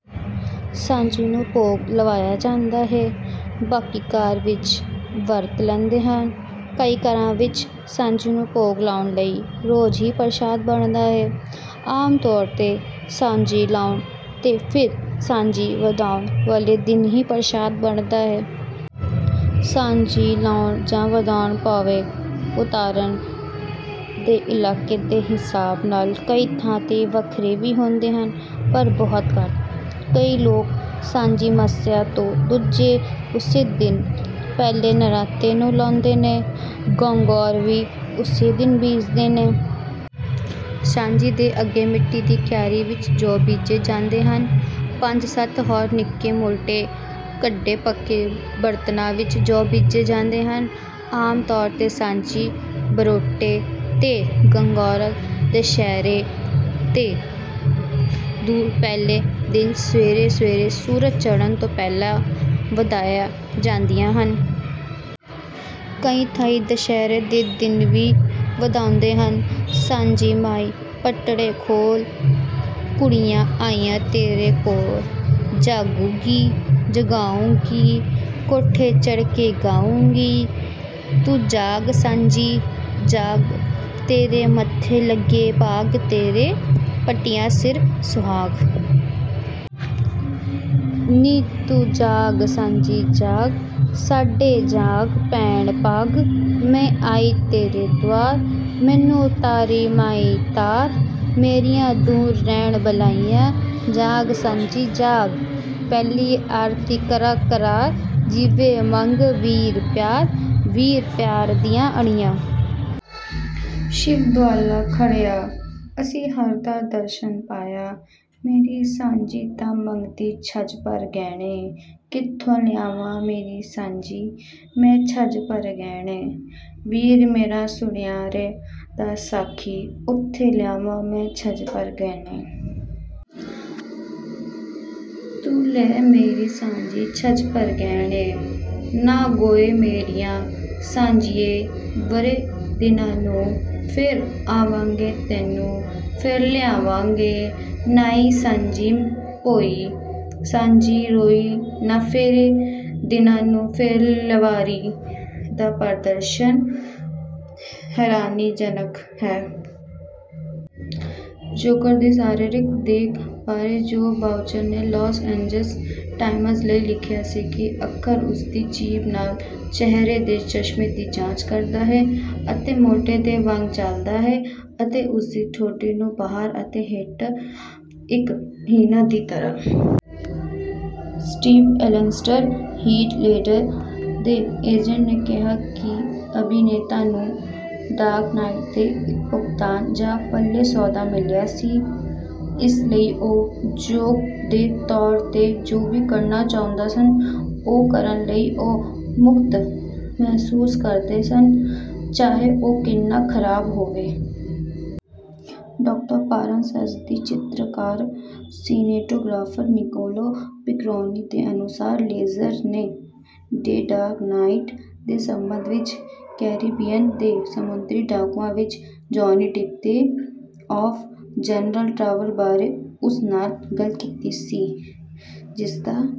ਸਾਂਝੀ ਨੂੰ ਭੋਗ ਲਵਾਇਆ ਜਾਂਦਾ ਹੈ। ਬਾਕੀ ਘਰ ਵਿੱਚ ਵਰਤ ਲੈਂਦੇ ਹਨ। ਕਈ ਘਰਾਂ ਵਿੱਚ ਸਾਂਝੀ ਨੂੰ ਭੋਗ ਲਾਉਣ ਲਈ ਰੋਜ ਹੀ ਪ੍ਰਸਾਦ ਬਣਦਾ ਹੈ। ਆਮ ਤੌਰ ਤੇ ਸਾਂਝੀ ਲਾਉਣ ਤੇ ਫਿਰ ਸਾਂਝੀ ਵਧਾਉਣ ਵਾਲੇ ਦਿਨ ਹੀ ਪ੍ਰਸਾਦ ਬਣਦਾ ਹੈ। ਸਾਂਝੀ ਲਾਉਣ ਜਾਂ ਵਧਾਉਣ ਭਾਵ ਉਤਾਰਣ ਦਾ ਇਲਾਕੇ ਦੇ ਹਿਸਾਬ ਨਾਲ ਕਈ ਥਾਂ ਤੇ ਵੱਖਰੇ ਵੀ ਹੁੰਦੇ ਹਨ ਪਰ ਬਹੁਤ ਘੱਟ। ਕਈ ਲੋਕ ਸਾਂਝੀ ਮੱਸਿਆ ਤੋਂ ਦੂਜਾ ਉਸੇ ਦਿਨ ਪਹਿਲੇ ਨਰਾਤੇ ਨੂੰ ਲਾਉਂਦੇ ਨੇ ਗਨਗੋਰਾ ਵੀ ਉਸੇ ਦਿਨ ਬੀਜਦੇ ਨੇ। ਸਾਂਝੀ ਦੇ ਅੱਗੇ ਮਿਟੀ ਦੀ ਕਿਆਰੀ ਵਿੱਚ ਜੌ ਬੀਜੇ ਜਾਂਦੇ ਹਨ ਪੰਜ ਸੱਤ ਹੋਰ ਨਿਕੇ ਮੋਟੇ ਕੱਢੇ ਪੱਕੇ ਬਰਤਨਾਂ ਵਿੱਚ ਜੌ ਬੀਜੇ ਜਾਂਦੇ ਹਨ। ਆਮ ਤੌਰ ਤੇ ਸਾਂਝੀ ਬਰੋਟੇ ਤੇ ਗਨਗੋਰਾ ਦੁਸਹਿਰੇ ਤੋਂ ਪਹਿਲੇ ਦਿਨ ਸਵੇਰੇ ਸਵੇਰੇ ਸੂਰਜ ਚੜ੍ਹਨ ਤੋਂ ਪਹਿਲਾ ਵਧਾਈਆਂ ਜਾਂਦੀਆਂ ਹਨ। ਕਈ ਥਾਈਂ ਦੁਸਹਿਰੇ ਦੇ ਦਿਨ ਵੀ ਵਧਾਉਂਦੇ ਹਨ। ਸਾਂਝੀ ਮਾਈ ਪਟੜੇ ਖੋਲ ਕੁੜੀਆ ਆਈਆ ਤੇਰੇ ਕੋਲ। ਜਾਗੂੰ ਗੀ ਜਗਾਉਂਗੀ ਕੋਠੇ ਚੜ ਕੇ ਗਾਉਂਗੀ। ਤੂੰ ਜਾਗ ਸਾਂਝੀ ਜਾਗ ਤੇਰੇ ਮੱਥੇ ਲੱਗੇ ਭਾਗ ਤੇਰੇ ਪੱਟੀਆਂ ਸਿਰ ਸੁਹਾਗ। ਨੀ ਤੂੰ ਜਾਗ ਸਾਂਝੀ ਜਾਗ। ਸਾਡੇ ਜਾਗ ਪੈਣ ਭਾਗ। ਮੈ ਆਈ ਤੇਰੇ ਦਵਾਰ। ਮੈਨੂੰ ਤਾਰੀ ਮਾਈ ਤਾਰ। ਮੇਰੀਆ ਦੂਰ ਰਹਿਣ ਬਲਾਈ। ਜਾਗ ਸਾਂਝੀ ਜਾਗ। ਪਹਿਲੀ ਆਰਤੀ ਕਰਾ ਕਰਾਰ। ਜੀਵੇ ਮੰਗ ਵੀਰ ਪਿਆਰ। ਵੀਰ ਪਿਆਰ ਦੀਆਂ ਅੜੀਆ। ਸ਼ਿਵ ਦੁਆਲੇ ਖੜ੍ਹੀਆ। ਅਸੀਂ ਹਰਿ ਦਾ ਦਰਸ਼ਨ ਪਾਇਆ। ਮੇਰੀ ਸਾਂਝੀ ਤਾਂ ਮੰਗਦੀ ਛੱਜ ਭਰ ਗਹਿਣੇ। ਕਿੱਥੋਂ ਲਿਆਵਾ ਮੇਰੀ ਸਾਂਝੀ ਮੈਂ ਛੱਜ ਭਰ ਗਹਿਣੇ। ਵੀਰ ਮੇਰਾ ਸੁਣਿਆਰੇ ਦਾ ਸਾਖੀ ਉਥੇ ਲਿਆਵਾ ਮੈਂ ਛੱਜ ਭਰ ਗਹਿਣੇ। ਤੂੰ ਲੈ ਮੇਰੀ ਸਾਂਝੀ ਛੱਜ ਭਰ ਗਹਿਣੇ। ਨਾ ਗੋਅ ਮੇਰੀਏ ਸਾਂਝੀਏ ਵਰੇ ਦਿਨਾਂ ਨੂੰ ਫੇਰ ਆਵਾਂਗੇ ਤੈਨੂੰ ਫੇਰ ਲਿਆਵਾਂਗੇ। ਨਾਈ ਸਾਂਝੀ ਪੋਈ ਸਾਂਝੀ ਰੋਈ ਨਾ ਵਰੇ ਦਿਨਾਂ ਨੂੰ ਫੇਰ ਲਾਵਾਰੀ। ਦਾ ਪ੍ਰਦਰਸ਼ਨ ਹੈਰਾਨੀਜਨਕ ਹੈ। ਜੋਕਰ ਦੀ ਸਰੀਰਕ ਦਿੱਖ ਬਾਰੇ ਜੌਫ ਬਾਊਚਰ ਨੇ ਲਾਸ ਏਂਜਲਸ ਟਾਈਮਜ਼ ਲਈ ਲਿਖਿਆ ਸੀ ਕਿ ਅੱਖਰ ਉਸ ਦੀ ਜੀਭ ਨਾਲ ਚਿਹਰੇ ਦੇ ਚਸ਼ਮੇ ਦੀ ਜਾਂਚ ਕਰਦਾ ਹੈ ਅਤੇ ਮੋਢੇ ਦੇ ਵਾਂਗ ਚਲਦਾ ਹੈ ਅਤੇ ਉਸ ਦੀ ਠੋਡੀ ਨੂੰ ਬਾਹਰ ਅਤੇ ਹੇਠਾਂ ਇੱਕ ਹਿਨਾ ਦੀ ਤਰ੍ਹਾਂ। ਸਟੀਵ ਅਲੈਗਜੈਂਡਰ ਹੀਥ ਲੇਡਰ ਦੇ ਏਜੰਟ ਨੇ ਕਿਹਾ ਕਿ ਅਭਿਨੇਤਾ ਨੂੰ ਡਾਰਕ ਨਾਈਟ ਤੇ ਇੱਕ ਭੁਗਤਾਨ ਜਾਂ ਪਲੇ ਸੌਦਾ ਮਿਲਿਆ ਸੀ ਇਸ ਲਈ ਉਹ ਜੋਕ ਦੇ ਤੌਰ ਤੇ ਜੋ ਵੀ ਕਰਨਾ ਚਾਹੁੰਦੇ ਸਨ ਉਹ ਕਰਨ ਲਈ ਉਹ ਮੁਕਤ ਮਹਿਸੂਸ ਕਰਦੇ ਸਨ ਚਾਹੇ ਉਹ ਕਿੰਨਾ ਖਰਾਬ ਹੋਵੇ। ਡਾਕਟਰ ਪਾਰਨਾਸਸ ਦੀ ਚਿੱਤਰਕਾਰ ਸਿਨੈਟੋਗ੍ਰਾਫਰ ਨਿਕੋਲਾ ਪਿਕੋਰਨੀ ਦੇ ਅਨੁਸਾਰ ਲੇਜ਼ਰ ਨੇ ਡੇ ਡਾਰਕ ਨਾਈਟ ਦੇ ਸਬੰਧ ਵਿੱਚ ਕੈਰੀਬੀਅਨ ਦੇ ਸਮੁੰਦਰੀ ਡਾਕੂਆਂ ਵਿੱਚ ਜੌਨੀ ਡਿਪ ਦੇ ਆਫ ਜਰਨਟ੍ਰਾਫੇਲ ਬਾਰੇ ਉਸ ਨਾਲ ਗੱਲ ਕੀਤੀ ਸੀ ਜਿਸਦਾ